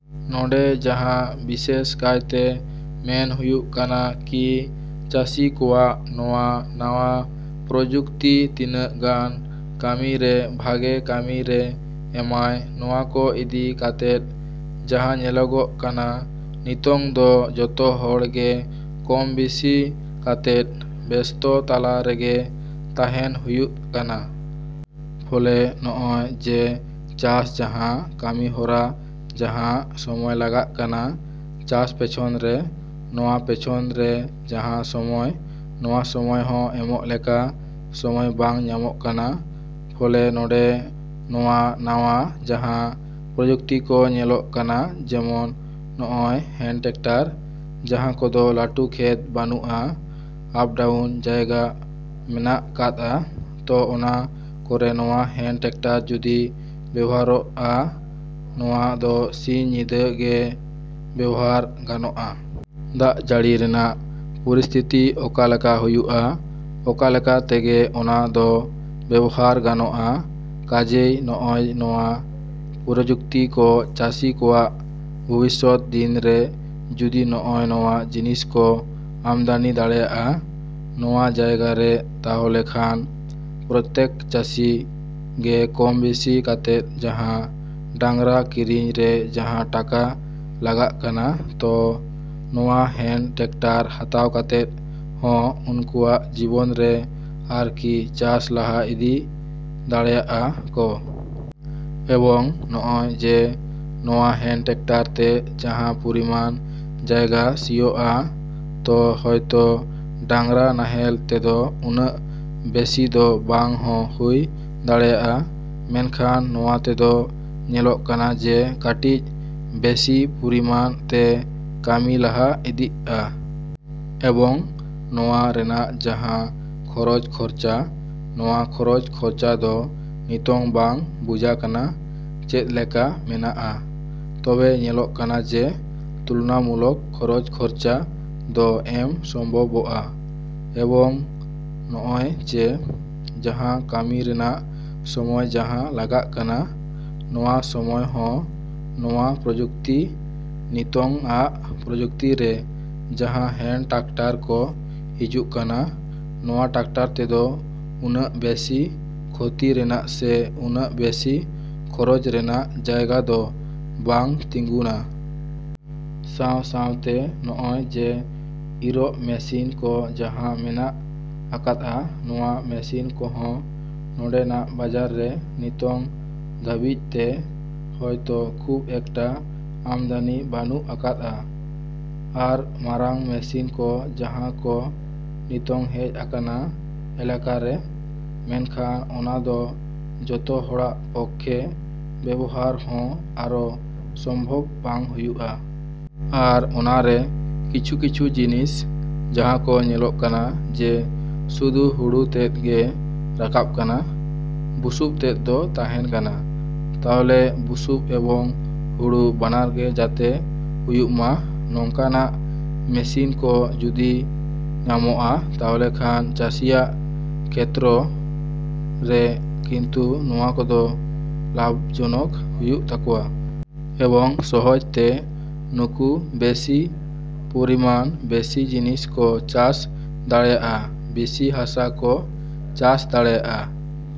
ᱱᱚᱸᱰᱮ ᱡᱟᱦᱟᱸ ᱵᱤᱥᱮᱥ ᱠᱟᱭᱛᱮ ᱢᱮᱱ ᱦᱩᱭᱩᱜ ᱠᱟᱱᱟ ᱠᱤ ᱪᱟᱹᱥᱤ ᱠᱚᱣᱟᱜ ᱱᱚᱣᱟ ᱱᱟᱣᱟ ᱯᱨᱚᱡᱩᱠᱛᱤ ᱛᱤᱱᱟᱹᱜ ᱜᱟᱱ ᱠᱟᱹᱢᱤ ᱨᱮ ᱵᱷᱟᱜᱮ ᱠᱟᱹᱢᱤ ᱨᱮ ᱮᱢᱟᱭ, ᱱᱚᱣᱟ ᱠᱚ ᱤᱫᱤ ᱠᱟᱛᱮᱫ ᱡᱟᱦᱟᱸ ᱧᱮᱞᱚᱜ ᱠᱟᱱᱟ ᱱᱤᱛᱳᱝ ᱫᱚ ᱡᱚᱛᱚ ᱦᱚᱲ ᱜᱮ ᱠᱚᱢ ᱵᱤᱥᱤ ᱠᱟᱛᱮᱫ ᱵᱮᱥᱛᱚ ᱛᱟᱞᱟ ᱨᱮᱜᱮ ᱛᱟᱦᱮᱱ ᱦᱩᱭᱩᱜ ᱠᱟᱱᱟ᱾ ᱯᱷᱚᱞᱮ ᱱᱚᱜ-ᱚᱭ ᱡᱮ ᱪᱟᱥ ᱡᱟᱦᱟᱸ ᱠᱟᱹᱢᱤ ᱦᱚᱨᱟ ᱡᱟᱦᱟᱸ ᱥᱚᱢᱚᱭ ᱞᱟᱜᱟᱜ ᱠᱟᱱᱟ ᱪᱟᱥ ᱯᱮᱪᱷᱚᱱ ᱨᱮ, ᱱᱚᱣᱟ ᱯᱮᱪᱷᱚᱱ ᱨᱮ ᱡᱟᱦᱟᱸ ᱥᱚᱢᱚᱭ, ᱱᱚᱣᱟ ᱥᱚᱢᱚᱭ ᱦᱚᱸ ᱮᱢᱚᱜ ᱞᱮᱠᱟ ᱥᱚᱢᱚᱭ ᱵᱟᱝ ᱧᱟᱢᱚᱜ ᱠᱟᱱᱟ᱾ ᱯᱷᱚᱞᱮ ᱱᱚᱸᱰᱮ ᱱᱚᱣᱟ ᱱᱟᱣᱟ ᱡᱟᱦᱟᱸ ᱯᱨᱚᱡᱩᱠᱛᱤ ᱠᱚ ᱧᱮᱞᱚᱜ ᱠᱟᱱᱟ ᱡᱮᱢᱚᱱ ᱱᱚᱜ-ᱚᱭ ᱦᱮᱱ ᱴᱮᱠᱴᱟᱨ ᱡᱟᱦᱟᱸ ᱠᱚᱫᱚ ᱞᱟᱹᱴᱩ ᱠᱷᱮᱛ ᱵᱟᱹᱱᱩᱜ-ᱟ, ᱟᱯᱰᱟᱣᱩᱱ ᱡᱟᱭᱜᱟ ᱢᱮᱱᱟᱜ ᱠᱟᱫ-ᱟ, ᱛᱚ ᱚᱱᱟ ᱠᱚᱨᱮ ᱱᱚᱣᱟ ᱦᱮᱱ ᱴᱮᱠᱴᱟᱨ ᱡᱩᱫᱤ ᱵᱮᱵᱚᱦᱟᱨᱚᱜ-ᱟ, ᱱᱚᱣᱟ ᱫᱚ ᱥᱤᱧ ᱧᱤᱫᱟᱹ ᱜᱮ ᱵᱮᱵᱚᱦᱟᱨ ᱜᱟᱱᱚᱜᱼᱟ᱾ ᱫᱟᱜ ᱡᱟᱹᱲᱤ ᱨᱮᱱᱟᱜ ᱯᱚᱨᱤᱥᱛᱷᱤᱛᱤ ᱚᱠᱟᱞᱮᱠᱟ ᱦᱩᱭᱩᱜ-ᱟ, ᱚᱱᱟᱞᱮᱠᱟ ᱛᱮᱜᱮ ᱚᱱᱟ ᱫᱚ ᱵᱮᱵᱚᱦᱟᱨ ᱜᱟᱱᱚᱜ-ᱟ᱾ ᱠᱟᱡᱮᱭ ᱱᱚᱜ-ᱚᱭ ᱱᱚᱣᱟ ᱯᱨᱚᱡᱩᱠᱛᱤ ᱠᱚ ᱪᱟᱹᱥᱤ ᱠᱚᱣᱟᱜ ᱵᱷᱚᱵᱤᱥᱥᱚᱛ ᱫᱤᱱ ᱨᱮ ᱡᱩᱫᱤ ᱱᱚᱜ-ᱚᱭ ᱱᱚᱣᱟ ᱡᱤᱱᱤᱥ ᱠᱚ ᱟᱢᱫᱟᱱᱤ ᱫᱟᱲᱮᱭᱟᱜ-ᱟ, ᱱᱚᱣᱟ ᱡᱟᱭᱜᱟ ᱨᱮ ᱛᱟᱦᱞᱮ ᱠᱷᱟᱱ ᱯᱨᱚᱛᱛᱮᱠ ᱪᱟᱹᱥᱤ ᱜᱮ ᱠᱚᱢ ᱵᱮᱥᱤ ᱠᱟᱛᱮᱫ ᱡᱟᱦᱟᱸ ᱰᱟᱝᱨᱟ ᱠᱤᱨᱤᱧ ᱨᱮ ᱡᱟᱦᱟᱸ ᱴᱟᱠᱟ ᱞᱟᱜᱟᱜ ᱠᱟᱱᱟ, ᱛᱚ ᱱᱚᱣᱟ ᱦᱮᱱ ᱴᱟᱠᱴᱟᱨ ᱦᱟᱛᱟᱣ ᱠᱟᱛᱮᱫ ᱦᱚᱸ ᱩᱱᱠᱩᱣᱟᱜ ᱡᱤᱵᱚᱱ ᱨᱮ ᱟᱨᱠᱤ ᱪᱟᱥ ᱞᱟᱦᱟ ᱤᱫᱤ ᱫᱟᱲᱮᱭᱟᱜ-ᱟ ᱠᱚ᱾ ᱮᱵᱚᱝ ᱱᱚᱜ-ᱚᱭ ᱡᱮ, ᱱᱚᱣᱟ ᱦᱮᱱ ᱴᱮᱠᱴᱟᱨ ᱛᱮ ᱡᱟᱦᱟᱸ ᱯᱚᱨᱤᱢᱟᱱ ᱡᱟᱭᱜᱟ ᱥᱤᱭᱚᱜᱼᱟ, ᱛᱚ ᱦᱳᱭᱛᱳ ᱰᱟᱝᱨᱟ ᱱᱟᱦᱮᱞ ᱛᱮᱫᱚ ᱩᱱᱟᱹᱜ ᱵᱮᱥᱤ ᱫᱚ ᱵᱟᱝ ᱦᱚᱸ ᱦᱩᱭ ᱫᱟᱲᱮᱭᱟᱜ-ᱟ᱾ ᱢᱮᱱᱠᱷᱟᱱ ᱱᱚᱣᱟ ᱛᱮᱫᱚ ᱧᱮᱞᱚᱜ ᱠᱟᱱᱟ ᱡᱮ ᱠᱟᱹᱴᱤᱡ ᱵᱮᱥᱤ ᱯᱚᱨᱤᱢᱟᱱ ᱛᱮ ᱠᱟᱹᱢᱤ ᱞᱟᱦᱟ ᱤᱫᱤᱜ-ᱟ᱾ ᱮᱵᱚᱝ ᱱᱚᱣᱟ ᱨᱮᱱᱟᱜ ᱡᱟᱦᱟᱸ ᱠᱷᱚᱨᱚᱪ ᱠᱷᱚᱨᱪᱟ, ᱱᱚᱣᱟ ᱠᱷᱚᱨᱚᱪ ᱠᱷᱚᱨᱪᱟ ᱫᱚ ᱱᱤᱛᱳᱝ ᱵᱟᱝ ᱵᱩᱡᱟᱠᱟᱱᱟ, ᱪᱮᱫᱞᱮᱠᱟ ᱢᱮᱱᱟᱜ-ᱟ? ᱛᱚᱵᱮ ᱧᱮᱞᱚᱜ ᱠᱟᱱᱟ ᱡᱮ, ᱛᱩᱞᱚᱱᱟᱢᱩᱞᱚᱠ ᱠᱷᱚᱨᱚᱪ ᱠᱷᱚᱨᱪᱟ ᱫᱚ ᱮᱢ ᱥᱚᱢᱵᱷᱚᱵᱚᱜ-ᱟ, ᱮᱵᱚᱝ ᱱᱚᱜ-ᱚᱭ ᱡᱮ, ᱡᱟᱦᱟᱸ ᱠᱟᱹᱢᱤ ᱨᱮᱱᱟᱜ ᱥᱚᱢᱚᱭ ᱡᱟᱦᱟᱸ ᱞᱟᱜᱟᱜ ᱠᱟᱱᱟ, ᱱᱚᱣᱟ ᱥᱚᱢᱚᱭ ᱦᱚᱸ ᱱᱚᱣᱟ ᱯᱨᱚᱡᱩᱠᱛᱤ, ᱱᱤᱛᱳᱝᱟᱜ ᱯᱨᱚᱡᱩᱠᱛᱤ ᱨᱮ ᱡᱟᱦᱟᱸ ᱦᱮᱱ ᱴᱟᱠᱴᱟᱨ ᱠᱚ ᱦᱤᱡᱩᱜ ᱠᱟᱱᱟ, ᱱᱚᱣᱟ ᱴᱟᱠᱴᱟᱨ ᱛᱮᱫᱚ ᱩᱱᱟᱹᱜ ᱵᱮᱥᱤ ᱠᱷᱚᱛᱤ ᱨᱮᱱᱟᱜ ᱥᱮ ᱩᱱᱟᱹᱜ ᱵᱮᱥᱤ ᱠᱷᱚᱨᱚᱪ ᱨᱮᱱᱟᱜ ᱡᱟᱭᱜᱟ ᱫᱚ ᱵᱟᱝ ᱛᱤᱸᱜᱩᱱᱟ᱾ ᱥᱟᱶ ᱥᱟᱶᱛᱮ ᱱᱚᱜ-ᱚᱭ ᱡᱮ ᱤᱨᱚᱜ ᱢᱮᱥᱤᱱ ᱠᱚ ᱡᱟᱦᱟᱸ ᱢᱮᱱᱟᱜ ᱟᱠᱟᱫᱼᱟ, ᱱᱚᱣᱟ ᱢᱮᱥᱤᱱ ᱠᱚᱦᱚᱸ ᱱᱚᱸᱰᱮᱱᱟᱜ ᱵᱟᱡᱟᱨ ᱨᱮ ᱱᱤᱛᱳᱝ ᱫᱷᱟᱹᱵᱤᱡ ᱛᱮ ᱦᱳᱭᱛᱳ ᱠᱷᱩᱵ ᱮᱠᱴᱟ ᱟᱢᱫᱟᱱᱤ ᱵᱟᱹᱱᱩᱜ ᱟᱠᱟᱫ-ᱟ᱾ ᱟᱨ ᱢᱟᱨᱟᱝ ᱢᱤᱥᱤᱱ ᱠᱚ ᱡᱟᱦᱟᱸ ᱠᱚ ᱱᱤᱛᱳᱝ ᱦᱮᱡ ᱟᱠᱟᱱᱟ ᱮᱞᱟᱠᱟ ᱨᱮ, ᱢᱮᱱᱠᱷᱟᱱ ᱚᱱᱟ ᱫᱚ ᱡᱚᱛᱚ ᱦᱚᱲᱟᱜ ᱯᱚᱠᱠᱷᱮ ᱵᱮᱵᱚᱦᱟᱨ ᱦᱚᱸ ᱟᱨᱚ ᱥᱚᱢᱵᱷᱚᱵᱽ ᱵᱟᱝ ᱦᱩᱭᱩᱜ-ᱟ᱾ ᱟᱨ ᱚᱱᱟ ᱨᱮ ᱠᱤᱪᱷᱩ ᱠᱤᱪᱷᱩ ᱡᱤᱱᱤᱥ ᱡᱟᱦᱟᱸ ᱠᱚ ᱧᱮᱞᱚᱜ ᱠᱟᱱᱟ ᱡᱮ ᱥᱩᱫᱩ ᱦᱩᱲᱩ ᱛᱮᱫ ᱜᱮ ᱨᱟᱠᱟᱵ ᱠᱟᱱᱟ, ᱵᱩᱥᱩᱵ ᱛᱮᱫ ᱫᱚ ᱛᱟᱦᱮᱱ ᱠᱟᱱᱟ᱾ ᱛᱟᱦᱞᱮ ᱵᱩᱥᱩᱵ ᱮᱵᱚᱝ ᱦᱩᱲᱩ ᱵᱟᱱᱟᱨ ᱜᱮ ᱡᱟᱛᱮ ᱦᱩᱭᱩᱜ-ᱢᱟ, ᱱᱚᱝᱠᱟᱱᱟᱜ ᱢᱮᱥᱤᱱ ᱠᱚ ᱡᱩᱫᱤ ᱧᱟᱢᱚᱜ-ᱟ, ᱛᱟᱦᱞᱮ ᱠᱷᱟᱱ ᱪᱟᱹᱥᱤᱭᱟᱜ ᱠᱷᱮᱛᱨᱚ ᱨᱮ ᱠᱤᱱᱛᱩ ᱱᱚᱣᱟ ᱠᱚᱫᱚ ᱞᱟᱵᱷ ᱡᱚᱱᱚᱠ ᱦᱩᱭᱩᱜ ᱛᱟᱠᱚᱣᱟ᱾ ᱮᱵᱚᱝ ᱥᱚᱦᱚᱡᱽ ᱛᱮ ᱱᱩᱠᱩ ᱵᱮᱥᱤ ᱯᱚᱨᱤᱢᱟᱱ ᱵᱮᱥᱤ ᱡᱤᱱᱤᱥ ᱠᱚ ᱪᱟᱥ ᱫᱟᱲᱮᱭᱟᱜ-ᱟ, ᱵᱮᱥᱤ ᱦᱟᱥᱟ ᱠᱚ ᱪᱟᱥ ᱫᱟᱲᱮᱭᱟᱜ-ᱟ।